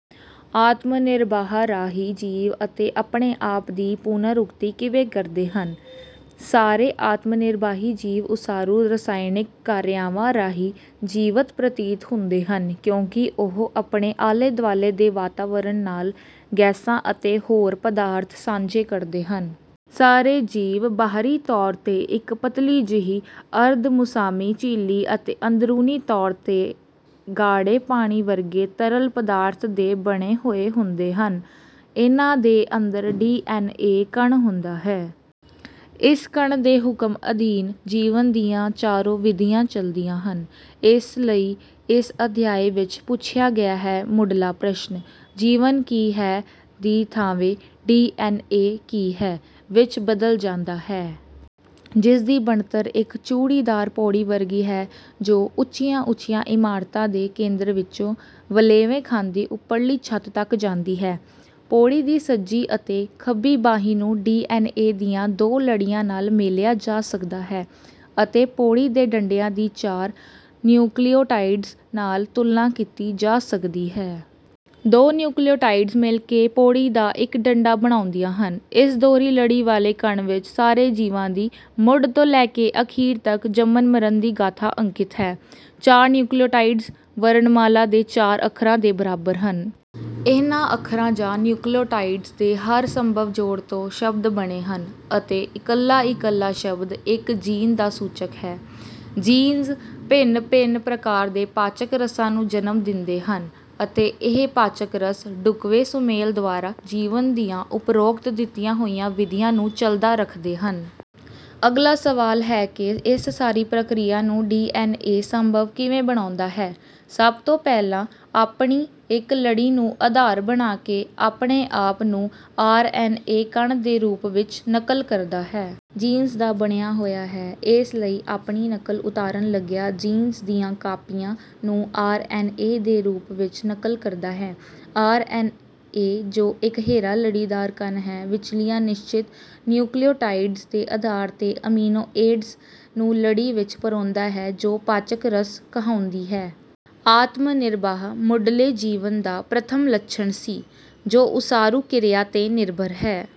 ਆਤਮ ਨਿਰਬਾਹ ਰਾਹੀਂ ਜੀਵ ਅਤੇ ਆਪਣੇ ਆਪ ਦੀ ਪੁਨਰ-ਉਕਤੀ ਕਿਵੇਂ ਕਰਦੇ ਹਨ? ਸਾਰੇ ਆਤਮ ਨਿਰਬਾਹੀ ਜੀਵ ਉਸਾਰੂ ਰਸਾਇਣਕ ਕਿਰਿਆਵਾਂ ਰਾਹੀਂ ਜੀਵਤ ਪ੍ਰਤੀਤ ਹੁੰਦੇ ਹਨ ਕਿਉਂਕਿ ਉਹ ਆਪਣੇ ਆਲੇ-ਦੁਆਲੇ ਦੇ ਵਾਤਾਵਰਣ ਨਾਲ ਗੈਸਾਂ ਅਤੇ ਹੋਰ ਪਦਾਰਥ ਸਾਂਝੇ ਕਰਦੇ ਹਨ। ਸਾਰੇ ਜੀਵ ਬਾਹਰੀ ਤੌਰ 'ਤੇ ਇੱਕ ਪਤਲੀ ਜਿਹੀ ਅਰਧਮੁਸਾਮੀ ਝਿੱਲੀ ਅਤੇ ਅੰਦਰੂਨੀ ਤੌਰ 'ਤੇ ਗਾੜ੍ਹੇ ਪਾਣੀ ਵਰਗੇ ਤਰਲ ਪਦਾਰਥ ਦੇ ਬਣੇ ਹੋਏ ਹੁੰਦੇ ਹਨ। ਇਹਨਾਂ ਦੇ ਅੰਦਰ ਡੀ. ਐੱਨ. ਏ ਕਣ ਹੁੰਦਾ ਹੈ। ਇਸ ਕਣ ਦੇ ਹੁਕਮ ਅਧੀਨ ਜੀਵਨ ਦੀਆਂ ਚਾਰੋਂ ਵਿਧੀਆਂ ਚੱਲਦੀਆਂ ਹਨ। ਇਸ ਲਈ ਇਸ ਅਧਿਆਇ ਵਿੱਚ ਪੁੱਛਿਆ ਗਿਆ ਮੁੱਢਲਾ ਪ੍ਰਸ਼ਨ, 'ਜੀਵਨ ਕੀ ਹੈ? ਦੀ ਥਾਵੇਂ ਡੀ. ਐੱਨ. ਏ ਕੀ ਹੈ? ' ਵਿੱਚ ਬਦਲ ਜਾਂਦਾ ਹੈ। ਜਿਸ ਦੀ ਬਣਤਰ ਇੱਕ ਚੂੜੀਦਾਰ ਪੌੜੀ ਵਰਗੀ ਹੈ ਜੋ ਉੱਚੀਆਂ-ਉੱਚੀਆਂ ਇਮਾਰਤਾਂ ਦੇ ਕੇਂਦਰ ਵਿੱਚੋਂ ਵਲੇਵੇਂ ਖਾਂਦੀ ਉੱਪਰਲੀ ਛੱਤ ਤੱਕ ਜਾਂਦੀ ਹੈ। ਪੌੜੀ ਦੀ ਸੱਜੀ ਅਤੇ ਖੱਬੀ ਬਾਹੀ ਨੂੰ ਡੀ. ਐੱਨ. ਏ ਦੀਆਂ ਦੋ ਲੜੀਆਂ ਨਾਲ ਮੇਲਿਆ ਜਾ ਸਕਦਾ ਹੈ ਅਤੇ ਪੌੜੀ ਦੇ ਡੰਡਿਆਂ ਦੀ ਚਾਰ ਨਿਯੂਕਲਿਉਟਾਈਡਜ਼ ਨਾਲ ਤੁਲਨਾ ਕੀਤੀ ਜਾ ਸਕਦੀ ਹੈ। ਦੋ ਨਿਯੂਕਲਿਉਟਾਈਡਜ਼ ਮਿਲ ਕੇ ਪੌੜੀ ਦਾ ਇੱਕ ਡੰਡਾ ਬਣਾਉਂਦੀਆਂ ਹਨ। ਇਸ ਦੋਹਰੀ ਲੜੀ ਵਾਲੇ ਕਣ ਵਿੱਚ ਸਾਰੇ ਜੀਵਾਂ ਦੀ, ਮੁੱਢ ਤੋਂ ਲੈ ਕੇ ਅਖੀਰ ਤੱਕ ਜੰਮਣਮਰਨ ਦੀ ਗਾਥਾ ਅੰਕਿਤ ਹੈ। ਚਾਰ ਨਿਯੂਕਲਿਉਟਾਈਡਜ਼ ਵਰਣਮਾਲਾ ਦੇ ਚਾਰ ਅੱਖਰਾਂ ਦੇ ਬਰਾਬਰ ਹਨ। ਇਹਨਾਂ ਅੱਖਰਾਂ ਜਾਂ ਨਿਯੂਕਲਿਉਟਾਈਡਜ਼ ਦੇ ਹਰ ਸੰਭਵ ਜੋੜ ਤੋਂ ਸ਼ਬਦ ਬਣੇ ਹਨ ਅਤੇ ਇਕੱਲਾ-ਇਕੱਲਾ ਸ਼ਬਦ ਇੱਕ ਜੀਨ ਦਾ ਸੂਚਕ ਹੈ। ਜੀਨਜ਼ ਭਿੰਨ-ਭਿੰਨ ਪ੍ਰਕਾਰ ਦੇ ਪਾਚਕ ਰਸਾਂ ਨੂੰ ਜਨਮ ਦਿੰਦੇ ਹਨ ਅਤੇ ਇਹ ਪਾਚਕ ਰਸ ਢੁੱਕਵੇਂ ਸੁਮੇਲ ਦੁਆਰਾ ਜੀਵਨ ਦੀਆਂ ਉਪਰੋਕਤ ਦਿੱਤੀਆਂ ਹੋਈਆਂ ਵਿਧੀਆਂ ਨੂੰ ਚੱਲਦਾ ਰੱਖਦੇ ਹਨ। ਅਗਲਾ ਸਵਾਲ ਹੈ ਕਿ ਇਸ ਸਾਰੀ ਪ੍ਰਕਿਰਿਆ ਨੂੰ ਡੀ. ਐੱਨ. ਏ ਸੰਭਵ ਕਿਵੇ ਬਣਾਉਂਦਾ ਹੈ? ਸਭ ਤੋਂ ਪਹਿਲਾਂ ਆਪਣੀ ਇੱਕ ਲੜੀ ਨੂੰ ਆਧਾਰ ਬਣਾ ਕੇ ਆਪਣੇ ਆਪ ਨੂੰ ਆਰ. ਐੱਨ. ਏ ਕਣ ਦੇ ਰੂਪ ਵਿੱਚ ਨਕਲ ਕਰਦਾ ਹੈ। ਜੀਨਜ਼ ਦਾ ਬਣਿਆ ਹੋਇਆ ਹੈ ਇਸ ਲਈ ਆਪਣੀ ਨਕਲ ਉਤਾਰਨ ਲੱਗਿਆਂ ਜੀਨਜ਼ ਦੀਆਂ ਕਾਪੀਆਂ ਨੂੰ ਆਰ. ਐੱਨ. ਏ ਦੇ ਰੂਪ ਵਿੱਚ ਨਕਲ ਕਰਦਾ ਹੈ। ਆਰ. ਐੱਨ. ਏ., ਜੋ ਇਕਹਿਰਾ ਲੜੀਦਾਰ ਕਣ ਹੈ, ਵਿਚਲੀਆਂ ਨਿਸ਼ਚਿਤ ਨਿਯੂਕਲਿਉਟਾਈਡਰਜ਼ ਦੇ ਆਧਾਰ 'ਤੇ ਅਮੀਨੋ ਏਸਡਜ਼ ਨੂੰ ਲੜੀ ਵਿੱਚ ਪਰੋਂਦਾ ਹੈ ਜੋ ਪਾਚਕ-ਰਸ ਕਹਾਉਂਦੀ ਹੈ। ਆਤਮ ਨਿਰਬਾਹ ਮੁੱਢਲੇ ਜੀਵਨ ਦਾ ਪ੍ਰਥਮ ਲੱਛਣ ਸੀ ਜੋ ਉਸਾਰੂ ਕਿਰਿਆ 'ਤੇ ਨਿਰਭਰ ਹੈ।